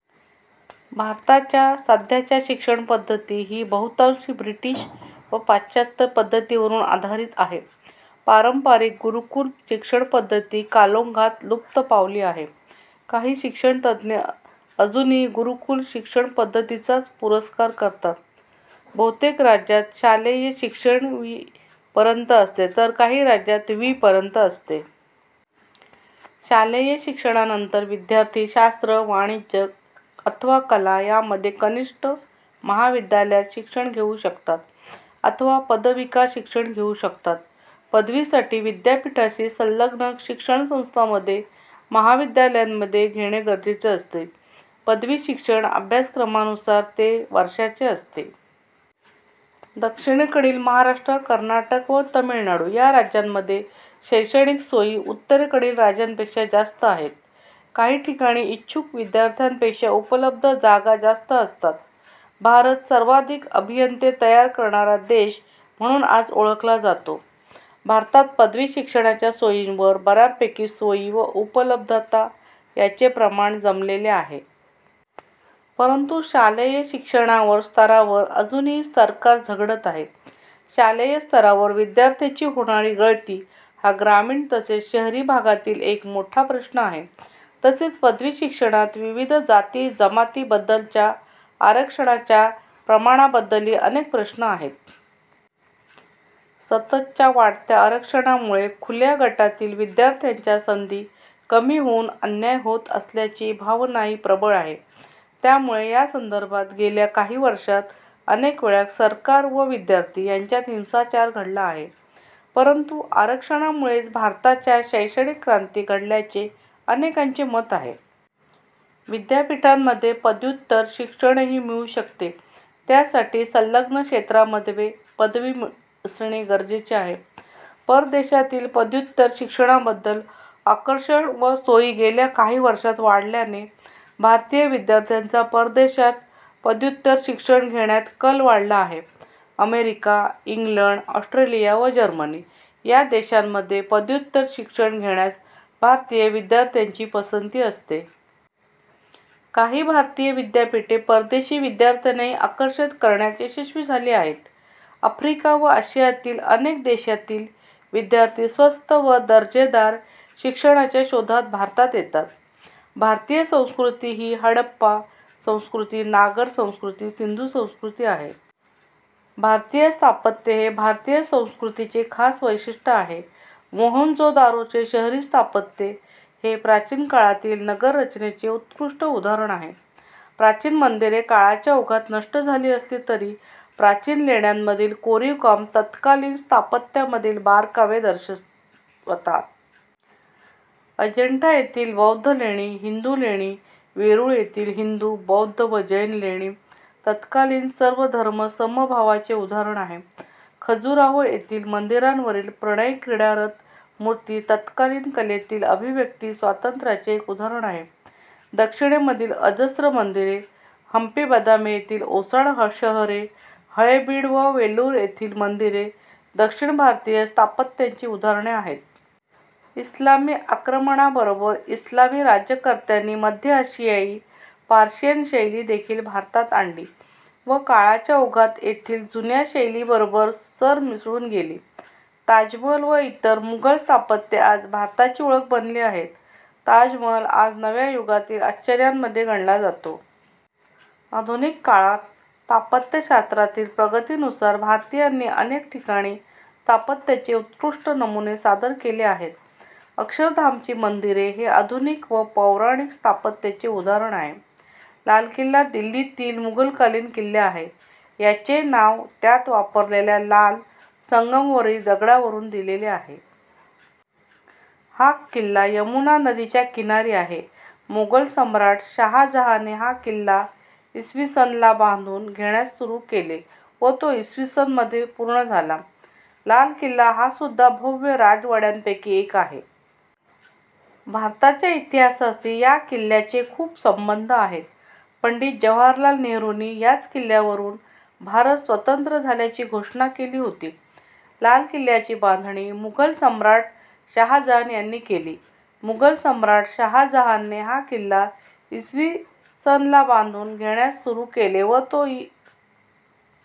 भारताच्या सध्याची शिक्षणपद्धती ही बहुतांशी ब्रिटिश व पाश्चात्य पद्धतीवरून आधारित आहे. पारंपारिक गुरूकूल शिक्षणपद्धती कालौघात लुप्त पावली आहे. काही शिक्षणतज्ञ अजूनही गुरूकूल शिक्षणपद्धतीचा पुरस्कार करतात. बहुतेक राज्यांत शालेय शिक्षण वी पर्यंत असते तर काही राज्यात वी पर्यंत असते. शालेय शिक्षणानंतर विद्यार्थी शास्त्र, वाणिज्य अथवा कला यामध्ये कनिष्ठ महाविद्यालयात शिक्षण घेऊ शकतात अथवा पदविका शिक्षण घेऊ शकतात. पदवीसाठी विद्यापीठाशी संलग्न शिक्षणसंस्थांमध्ये महाविद्यालयांमध्ये घेणे गरजेचे असते. पदवी शिक्षण अभ्यासक्रमानुसार ते वर्षाचे असते. दक्षिणेकडील महाराष्ट्र, कर्नाटक व तमिळनाडू या राज्यांमध्ये शैक्षणिक सोयी उत्तरेकडील राज्यांपेक्षा जास्त आहेत. काही ठिकाणी इच्छुक विद्यार्थ्यांपेक्षा उपलब्ध जागा जास्त असतात. भारत सर्वाधिक अभियंते तयार करणारा देश म्हणून आज ओळखला जातो. भारतात पदवी शिक्षणाच्या सोयींवर बऱ्यापैकी सोयी व उपलब्धता यांचे प्रमाण जमलेले आहे. परंतु शालेय शिक्षणावर स्तरावर अजूनही सरकार झगडत आहे. शालेय स्तरावर विद्यार्थ्यांची होणारी गळती हा ग्रामीण तसेच शहरी भागातील एक मोठा प्रश्न आहे. तसेच पदवी शिक्षणात विविध जाती जमातींबद्दलच्या आरक्षणाच्या प्रमाणाबद्दलही अनेक प्रश्न आहेत. सततच्या वाढत्या आरक्षणामुळे खुल्या गटातील विद्यार्थ्यांच्या संधी कमी होउन अन्याय होत असल्याची भावनाही प्रबळ आहे, त्यामुळे या संदर्भात गेल्या काही वर्षात अनेक वेळा सरकार व विद्यार्थी यांच्यात हिंसाचार घडला आहे. परंतु आरक्षणामुळेच भारताच्या शैक्षणिक क्रांती घडल्याचे अनेकांचे मत आहे. विद्यापीठांमध्ये पदव्युत्तर शिक्षणही मिळू शकते त्यासाठी संलग्न क्षेत्रामध्ये पदवी असणे गरजेचे आहे. परदेशातील पदव्युत्तर शिक्षणाबद्दल आकर्षण व सोयी गेल्या काही वर्षात वाढल्याने भारतीय विद्यार्थ्यांचा परदेशात पदव्युत्तर शिक्षण घेण्यात कल वाढला आहे. अमेरिका, इंग्लंड, ऑस्ट्रेलिया व जर्मनी या देशांमध्ये पदव्युत्तर शिक्षण घेण्यास भारतीय विद्यार्थ्यांची पसंती असते. काही भारतीय विद्यापीठे परदेशी विद्यार्थ्यांनाही आकर्षित करण्यात यशस्वी झाली आहेत. आफ्रिका व आशियातील अनेक देशातील विद्यार्थी स्वस्त व दर्जेदार शिक्षणाच्या शोधात भारतात येतात. भारतीय संस्कृती ही हडप्पा संस्कृती, नागर संस्कृती, सिंधू संस्कृती आहे. भारतीय स्थापत्य हे भारतीय संस्कृतीचे खास वैशिष्ट्य आहे. मोहेंजोदारोचे शहरी स्थापत्य हे प्राचीनकाळातील नगर रचनेचे उत्कृष्ट उदाहरण आहे. प्राचीन मंदिरे काळाच्या ओघात नष्ट झाली असली तरी, प्राचीन लेण्यांमधील कोरीव काम तत्कालीन स्थापत्यामधील बारकावे दर्शवतात. अजिंठा येथील बौद्ध लेणी आणि हिंदू लेणी, वेरूळ येथील हिंदू, बौद्ध व जैन लेणी तत्कालीन सर्वधर्मसमभावाचे उदाहरण आहे. खजुराहो येथील मंदिरांवरील प्रणयक्रीडारत मूर्ती तत्कालीन कलेतील अभिव्यक्ती स्वातंत्र्याचे एक उदाहरण आहे. दक्षिणेमधील अजस्त्र मंदिरे, हंपी बदामी येथील ओसाड शहरे, हळेबीड व वेलूर येथील मंदिरे दक्षिण भारतीय स्थापत्यांची उदाहरणे आहेत. इस्लामी आक्रमणाबरोबर इस्लामी राज्यकर्त्यांनी मध्य अशियाई, पर्शियन शैली देखील भारतात आणली व काळाच्या ओघात येथील जुन्या शैलीबरोबर सरमिसळून गेली. ताजमहाल व इतर मुघल स्थापत्ये आज भारताची ओळख बनली आहेत. ताजमहाल आज नव्या युगातील आश्चर्यांमध्ये गणला जातो. आधुनिक काळात स्थापत्यशास्त्रातील प्रगतीनुसार भारतीयांनी अनेक ठिकाणी स्थापत्याचे उत्कृष्ट नमुने सादर केले आहेत, अक्षरधामची मंदिरे हे आधुनिक व पौराणिक स्थापत्याचे उदाहरण आहे. लाल किल्ला दिल्लीतील मुघलकालीन किल्ला आहे. याचे नाव त्यात वापरलेल्या लाल संगमरवरी दगडावरून दिलेले आहे. हा किल्ला यमुना नदीच्या किनारी आहे. मोगल सम्राट शाहजहानने हा किल्ला इ. स. ला बांधून घेण्यास सुरू केले व तो इ. स. मध्ये पूर्ण झाला. लाल किल्ला हा सुद्धा भव्य राजवाडयापैकी एक आहे. भारताच्या इतिहासाशी हा किल्ल्याचे खुपच संबध आहेत. पंडित जवाहरलाल नेहरूंनी याच किल्ल्यावरून भारत स्वंतत्र झाल्याची घोषणा केली होती. लाल किल्ल्याची बांधणी मुघल सम्राट शाहजहान यांनी केली. मुघल सम्राट शाहजहानने हा किल्ला इ. स. ला बांधून घेण्यास सुरू केले व तो इ.